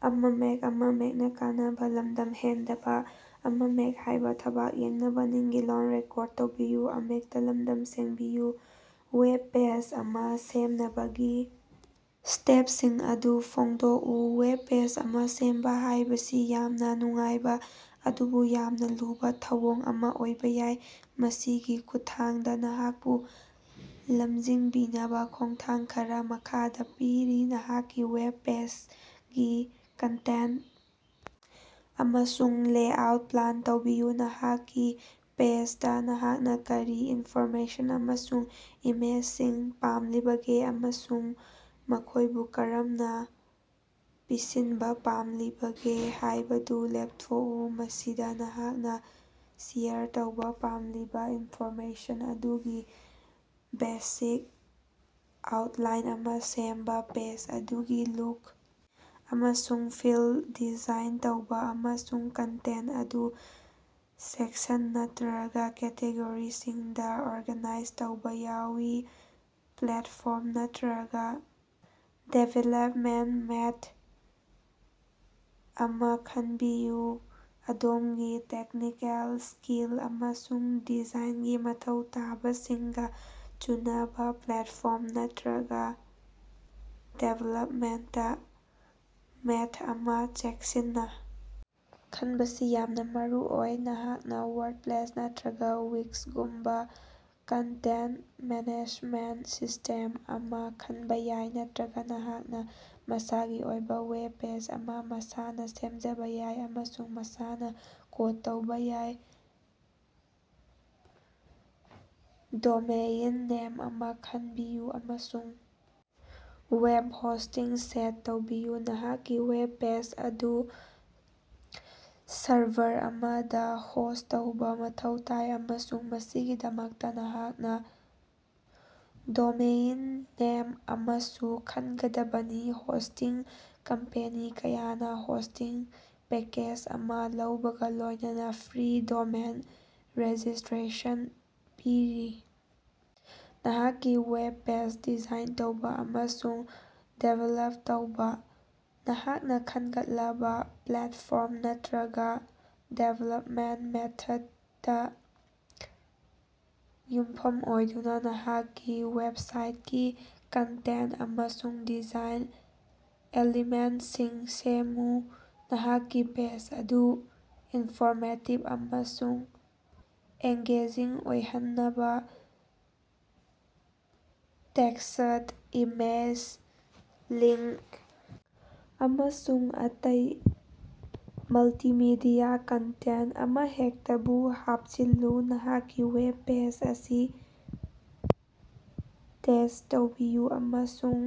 Web page ꯑꯃ ꯁꯦꯝꯅꯕꯒꯤ ꯁ꯭ꯇꯦꯄꯁꯤꯡ ꯑꯗꯨ ꯐꯣꯡꯗꯣꯛꯎ꯫ ꯋꯦꯕ ꯄꯦꯖ ꯑꯃ ꯁꯦꯝꯕ ꯍꯥꯏꯕꯁꯤ ꯌꯥꯝꯅ ꯅꯨꯡꯉꯥꯏꯕ ꯑꯗꯨꯕꯨ ꯌꯥꯝꯅꯥ ꯂꯨꯕꯥ ꯊꯧꯑꯣꯡ ꯑꯃ ꯑꯣꯏꯕ ꯌꯥꯏ꯫ ꯃꯁꯤꯒꯤ ꯈꯨꯠꯊꯥꯡꯗꯥ ꯅꯍꯥꯛꯄꯨ ꯂꯝꯖꯤꯡꯕꯤꯅꯕ ꯈꯣꯡꯊꯥꯡ ꯈꯔꯥ ꯃꯈꯥꯗ ꯄꯤꯔꯤ: ꯅꯍꯥꯛꯀꯤ ꯋꯦꯕ ꯄꯦꯖꯒꯤ ꯀꯟꯇꯦꯟꯇ ꯑꯃꯁꯨꯡ ꯂꯦꯑꯥꯎꯠ ꯄ꯭ꯂꯥꯟ ꯇꯧꯕꯤꯌꯨ: ꯅꯍꯥꯛꯀꯤ ꯄꯦꯖꯗ ꯅꯍꯥꯛꯅ ꯀꯔꯤ ꯏꯟꯐꯣꯔꯃꯦꯁꯟ ꯑꯃꯁꯨꯡ ꯏꯃꯦꯖꯁꯤꯡ ꯄꯥꯝꯂꯤꯕꯒꯦ ꯑꯃꯁꯨꯡ ꯃꯈꯣꯏꯕꯨ ꯀꯔꯝꯅ ꯄꯤꯁꯤꯟꯕ ꯄꯥꯝꯂꯤꯕꯒꯦ ꯍꯥꯏꯕꯗꯨ ꯂꯦꯞꯊꯣꯛꯎ꯫ ꯃꯁꯤꯗ ꯅꯍꯥꯛꯅ ꯁꯦꯌꯔ ꯇꯧꯕꯥ ꯄꯥꯝꯂꯤꯕꯥ ꯏꯟꯐꯣꯔꯃꯦꯁꯟ ꯑꯗꯨꯒꯤ ꯕꯦꯁꯤꯛ ꯑꯥꯎꯇꯂꯥꯏꯟ ꯑꯃ ꯁꯦꯝꯕꯥ, ꯄꯦꯖ ꯑꯗꯨꯒꯤ ꯂꯨꯛ ꯑꯃꯁꯨꯡ ꯐꯤꯜ ꯗꯤꯖꯥꯏꯟ ꯇꯧꯕꯥ, ꯑꯃꯁꯨꯡ ꯀꯟꯇꯦꯟꯇ ꯑꯗꯨ ꯁꯦꯛꯁꯟ ꯅꯠꯇꯔꯒꯥ ꯀꯦꯇꯦꯒꯣꯔꯤꯁꯤꯡꯗ ꯑꯣꯔꯒꯥꯅꯥꯏꯖ ꯇꯧꯕꯥ ꯌꯥꯎꯏ꯫ ꯄ꯭ꯂꯦꯠꯐꯣꯔꯝ ꯅꯠꯔꯒꯥ ꯗꯤꯕꯦꯂꯄꯃꯦꯟꯇ ꯃꯦꯠ ꯑꯃꯥ ꯈꯟꯕꯤꯌꯨ: ꯑꯗꯣꯝꯒꯤ ꯇꯦꯛꯅꯤꯀꯦꯜ ꯁ꯭ꯀꯤꯜ ꯑꯃꯁꯨꯡ ꯗꯤꯖꯥꯏꯅꯒꯤ ꯃꯊꯧ ꯇꯥꯕꯁꯤꯡꯒ ꯆꯨꯅꯕ ꯄ꯭ꯂꯦꯠꯐꯣꯔꯝ ꯅꯠꯔꯒꯥ ꯗꯤꯕꯦꯂꯄꯃꯦꯟꯇ ꯃꯦꯠ ꯑꯃꯥ ꯆꯦꯛꯁꯤꯟꯅ ꯈꯟꯕꯁꯤ ꯌꯥꯝꯅꯥ ꯃꯔꯨꯑꯣꯏ꯫ ꯅꯍꯥꯛꯅꯥ ꯋꯥꯔꯗꯄꯂꯦꯁ ꯅꯠꯇꯔꯒꯥ ꯋꯤꯛꯁꯒꯨꯝꯕꯥ ꯀꯟꯇꯦꯟꯇ ꯃꯦꯅꯦꯖꯃꯦꯟꯇ ꯁꯤꯁꯇꯦꯝ ꯑꯃ ꯈꯟꯕ ꯌꯥꯏ, ꯅꯠꯇꯔꯒꯥ ꯅꯍꯥꯛꯅ ꯃꯁꯥꯒꯤ ꯑꯣꯏꯕ ꯋꯦꯕ ꯄꯦꯖ ꯑꯃ ꯃꯁꯥꯅ ꯁꯦꯝꯖꯕ ꯌꯥꯏ ꯑꯃꯁꯨꯡ ꯃꯁꯥꯅ ꯀꯣꯗ ꯇꯧꯕꯥ ꯌꯥꯏ꯫ ꯗꯣꯃꯦꯏꯟ ꯅꯦꯝ ꯑꯃ ꯈꯟꯕꯤꯌꯨ ꯑꯃꯁꯨꯡ ꯋꯦꯕ ꯍꯣꯁꯇꯤꯡ ꯁꯦꯠ ꯇꯧꯕꯤꯌꯨ: ꯅꯍꯥꯛꯀꯤ ꯋꯦꯕ ꯄꯦꯖ ꯑꯗꯨ ꯁꯔꯚꯔ ꯑꯃꯗ ꯍꯣꯁꯠ ꯇꯧꯕꯥ ꯃꯊꯧ ꯇꯥꯏ, ꯑꯃꯁꯨꯡ ꯃꯁꯤꯒꯤꯗꯃꯛꯇꯥ ꯅꯍꯥꯛꯅꯥ ꯗꯣꯃꯦꯏꯟ ꯅꯦꯝ ꯑꯃꯁꯨ ꯈꯟꯒꯗꯕꯅꯤ꯫ ꯍꯣꯁꯇꯤꯡ ꯀꯝꯄꯦꯅꯤ ꯀꯌꯥꯅ ꯍꯣꯁꯇꯤꯡ ꯄꯦꯀꯦꯖ ꯑꯃꯥ ꯂꯧꯕꯒꯥ ꯂꯣꯏꯅꯅ ꯐ꯭ꯔꯤ ꯗꯣꯃꯦꯟ ꯔꯦꯖꯤꯁꯇꯔꯦꯁꯟ ꯄꯤꯔꯤ꯫ ꯅꯍꯥꯛꯀꯤ ꯋꯦꯕ ꯄꯦꯖ ꯗꯤꯖꯥꯏꯟ ꯇꯧꯕꯥ ꯑꯃꯁꯨꯡ ꯗꯤꯕꯦꯂꯞ ꯇꯧꯕꯥ: ꯅꯍꯥꯛꯅ ꯈꯟꯒꯠꯂꯕ ꯄ꯭ꯂꯦꯠꯐꯣꯔꯝ ꯅꯠꯔꯒꯥ ꯗꯤꯕꯦꯂꯄꯃꯦꯟꯇ ꯃꯦꯊꯗꯇꯥ ꯌꯨꯝꯐꯝ ꯑꯣꯏꯗꯨꯅꯥ ꯅꯍꯥꯛꯀꯤ ꯋꯦꯕꯁꯥꯏꯇꯀꯤ ꯀꯟꯇꯦꯟꯇ ꯑꯃꯁꯨꯡ ꯗꯤꯖꯥꯏꯟ ꯑꯦꯂꯤꯃꯦꯟꯇꯁꯤꯡ ꯁꯦꯝꯃꯨ꯫ ꯅꯍꯥꯛꯀꯤ ꯄꯦꯖ ꯑꯗꯨ ꯏꯟꯐꯣꯔꯃꯦꯇꯤꯚ ꯑꯃꯁꯨꯡ ꯑꯦꯡꯒꯦꯖꯤꯡ ꯑꯣꯏꯍꯟꯅꯕꯥ ꯇꯦꯛꯁꯠ, ꯏꯃꯦꯖ, ꯂꯤꯡꯀ, ꯑꯃꯁꯨꯡ ꯑꯇꯩ ꯃꯜꯇꯤꯃꯤꯗꯤꯌꯥ ꯀꯟꯇꯦꯟꯇ ꯑꯃꯍꯦꯛꯇꯕꯨ ꯍꯥꯞꯆꯤꯜꯂꯨ꯫ ꯅꯍꯥꯛꯀꯤ ꯋꯦꯕ ꯄꯦꯖ ꯑꯁꯤ ꯇꯦꯁ꯭ꯠ ꯇꯧꯕꯤꯌꯨ ꯑꯃꯁꯨꯡ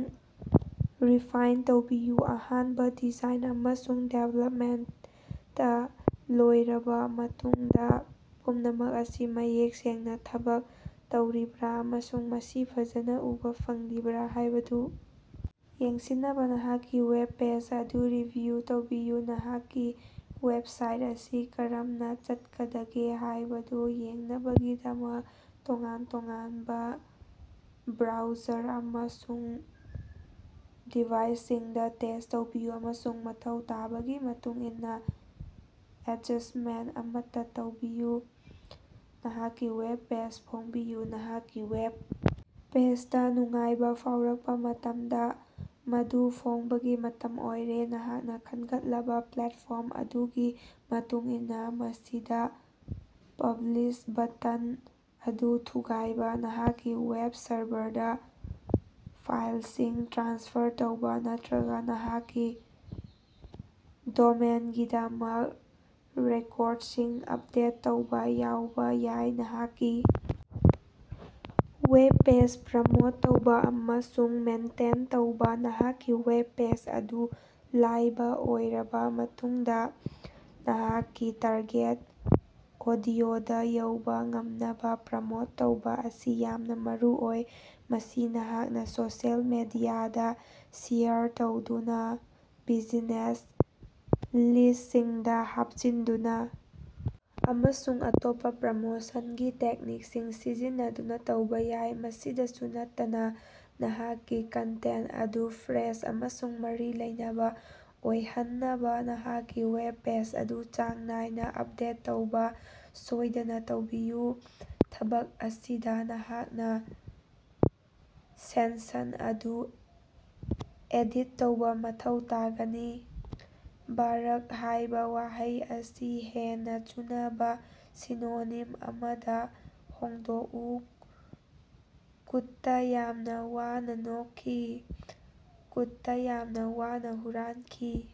ꯔꯤꯐꯥꯏꯟ ꯇꯧꯕꯤꯌꯨ: ꯑꯍꯥꯟꯕꯥ ꯗꯤꯖꯥꯏꯟ ꯑꯃꯁꯨꯡ ꯗꯤꯕꯦꯂꯄꯃꯦꯟꯇ ꯂꯣꯏꯔꯕꯥ ꯃꯇꯨꯡꯗꯥ, ꯄꯨꯝꯅꯃꯛ ꯑꯁꯤ ꯃꯌꯦꯛ ꯁꯦꯡꯅꯥ ꯊꯕꯛ ꯇꯧꯔꯤꯕ꯭ꯔꯥ ꯑꯃꯁꯨꯡ ꯃꯁꯤ ꯐꯖꯅꯥ ꯎꯕꯥ ꯐꯪꯂꯤꯕ꯭ꯔꯥ ꯍꯥꯏꯕꯗꯨ ꯌꯦꯡꯁꯤꯟꯅꯕꯥ ꯅꯍꯥꯛꯀꯤ ꯋꯦꯕ ꯄꯦꯖ ꯑꯗꯨ ꯔꯤꯚꯤꯌꯨ ꯇꯧꯕꯤꯌꯨ꯫ ꯅꯍꯥꯛꯀꯤ ꯋꯦꯕꯁꯥꯏꯠ ꯑꯁꯤ ꯀꯔꯝꯅꯥ ꯆꯠꯀꯗꯒꯦ ꯍꯥꯏꯕꯗꯨ ꯌꯦꯡꯅꯕꯒꯤꯗꯃꯛ ꯇꯣꯉꯥꯟ-ꯇꯣꯉꯥꯟꯕ ꯕ꯭ꯔꯥꯎꯖꯔ ꯑꯃꯁꯨꯡ ꯗꯤꯚꯥꯏꯁꯁꯤꯡꯗꯥ ꯇꯦꯁꯠ ꯇꯧꯕꯤꯌꯨ ꯑꯃꯁꯨꯡ ꯃꯊꯧ ꯇꯥꯕꯒꯤ ꯃꯇꯨꯡꯏꯟꯅꯥ ꯑꯦꯗꯖꯁꯇꯃꯦꯟꯇ ꯑꯃꯠꯇꯥ ꯇꯧꯕꯤꯌꯨ꯫ ꯅꯍꯥꯛꯀꯤ ꯋꯦꯕ ꯄꯦꯖ ꯐꯣꯡꯕꯤꯌꯨ: ꯅꯍꯥꯛꯀꯤ ꯋꯦꯕ ꯄꯦꯖꯗꯥ ꯅꯨꯡꯉꯥꯏꯕꯥ ꯐꯥꯎꯔꯛꯄꯥ ꯃꯇꯝꯗ ꯃꯗꯨ ꯐꯣꯡꯕꯒꯤ ꯃꯇꯝ ꯑꯣꯏꯔꯦ꯫ ꯅꯍꯥꯛꯅ ꯈꯟꯒꯠꯂꯕꯥ ꯄ꯭ꯂꯦꯇꯐꯣꯔꯝ ꯑꯗꯨꯒꯤ ꯃꯇꯨꯡꯏꯟꯅꯥ, ꯃꯁꯤꯗꯥ ꯄꯕ꯭ꯂꯤꯁ ꯕꯇꯟ ꯑꯗꯨ ꯊꯨꯒꯥꯏꯕꯥ, ꯅꯍꯥꯛꯀꯤ ꯋꯦꯕ ꯁꯔꯚꯔꯗꯥ ꯐꯥꯏꯂꯁꯤꯡ ꯇ꯭ꯔꯥꯟꯁꯐꯔ ꯇꯧꯕꯥ, ꯅꯠꯇꯔꯒꯥ ꯅꯍꯥꯛꯀꯤ ꯗꯣꯃꯦꯏꯅꯒꯤꯗꯃꯛ ꯔꯦꯀꯣꯔꯗꯁꯤꯡ ꯑꯄꯗꯦꯠ ꯇꯧꯕꯥ ꯌꯥꯎꯕꯥ ꯌꯥꯏ꯫ ꯅꯍꯥꯛꯀꯤ ꯋꯦꯕ ꯄꯦꯖ ꯄ꯭ꯔꯃꯣꯠ ꯇꯧꯕꯥ ꯑꯃꯁꯨꯡ ꯃꯦꯟꯇꯦꯟ ꯇꯧꯕꯥ: ꯅꯍꯥꯛꯀꯤ ꯋꯦꯕ ꯄꯦꯖ ꯑꯗꯨ ꯂꯥꯏꯕ ꯑꯣꯏꯔꯕꯥ ꯃꯇꯨꯡꯗꯥ ꯅꯍꯥꯛꯀꯤ ꯇꯥꯔꯒꯦꯠ ꯑꯣꯗꯤꯑꯣꯗꯥ ꯌꯧꯕꯥ ꯉꯝꯅꯕꯥ ꯄ꯭ꯔꯃꯣꯠ ꯇꯧꯕꯥ ꯑꯁꯤ ꯌꯥꯝꯅꯥ ꯃꯔꯨꯑꯣꯏ꯫ ꯃꯁꯤ ꯅꯍꯥꯛꯅꯥ ꯁꯣꯁꯤꯑꯦꯜ ꯃꯤꯗꯤꯌꯥꯗꯥ ꯁꯦꯌꯔ ꯇꯧꯗꯨꯅꯥ, ꯕꯤꯖꯤꯅꯦꯁ ꯂꯤꯁꯇꯁꯤꯡꯗꯥ ꯍꯥꯞꯆꯤꯟꯗꯨꯅꯥ, ꯑꯃꯁꯨꯡ ꯑꯇꯣꯞꯄꯥ ꯄ꯭ꯔꯃꯣꯁꯟꯒꯤ ꯇꯦꯛꯅꯤꯛꯁꯤꯡ ꯁꯤꯖꯤꯟꯅꯗꯨꯅꯥ ꯇꯧꯕꯥ ꯌꯥꯏ꯫ ꯃꯁꯤꯗꯁꯨ ꯅꯠꯇꯅꯥ, ꯅꯍꯥꯛꯀꯤ ꯀꯟꯇꯦꯟꯇ ꯑꯗꯨ ꯐ꯭ꯔꯦꯁ ꯑꯃꯁꯨꯡ ꯃꯔꯤ ꯂꯩꯅꯕꯥ ꯑꯣꯏꯍꯟꯅꯕꯥ ꯅꯍꯥꯛꯀꯤ ꯋꯦꯕ ꯄꯦꯖ ꯑꯗꯨ ꯆꯥꯡ ꯅꯥꯏꯅꯥ ꯑꯄꯗꯦꯠ ꯇꯧꯕꯥ ꯁꯣꯏꯗꯅꯥ ꯇꯧꯕꯤꯌꯨ꯫ ꯊꯕꯛ ꯑꯁꯤꯗꯥ ꯅꯍꯥꯛꯅꯥ ꯁꯦꯟꯁꯟ ꯑꯗꯨ ꯑꯦꯗꯤꯠ ꯇꯧꯕꯥ ꯃꯊꯧ ꯇꯥꯒꯅꯤ꯫ "ꯕꯥꯔꯛ" ꯍꯥꯏꯕꯥ ꯋꯥꯍꯩ ꯑꯁꯤ ꯍꯦꯟꯅꯥ ꯆꯨꯅꯕꯥ ꯁꯤꯅꯣꯅꯤꯝ ꯑꯃꯗꯥ ꯍꯣꯡꯗꯣꯛꯎ꯫ ꯀꯨꯠꯇꯥ ꯌꯥꯝꯅ ꯋꯥꯅꯥ ꯅꯣꯛꯈꯤ꯫ ꯀꯨꯠꯇꯥ ꯌꯥꯝꯅ ꯋꯥꯅ ꯍꯨꯔꯥꯟꯈꯤ꯫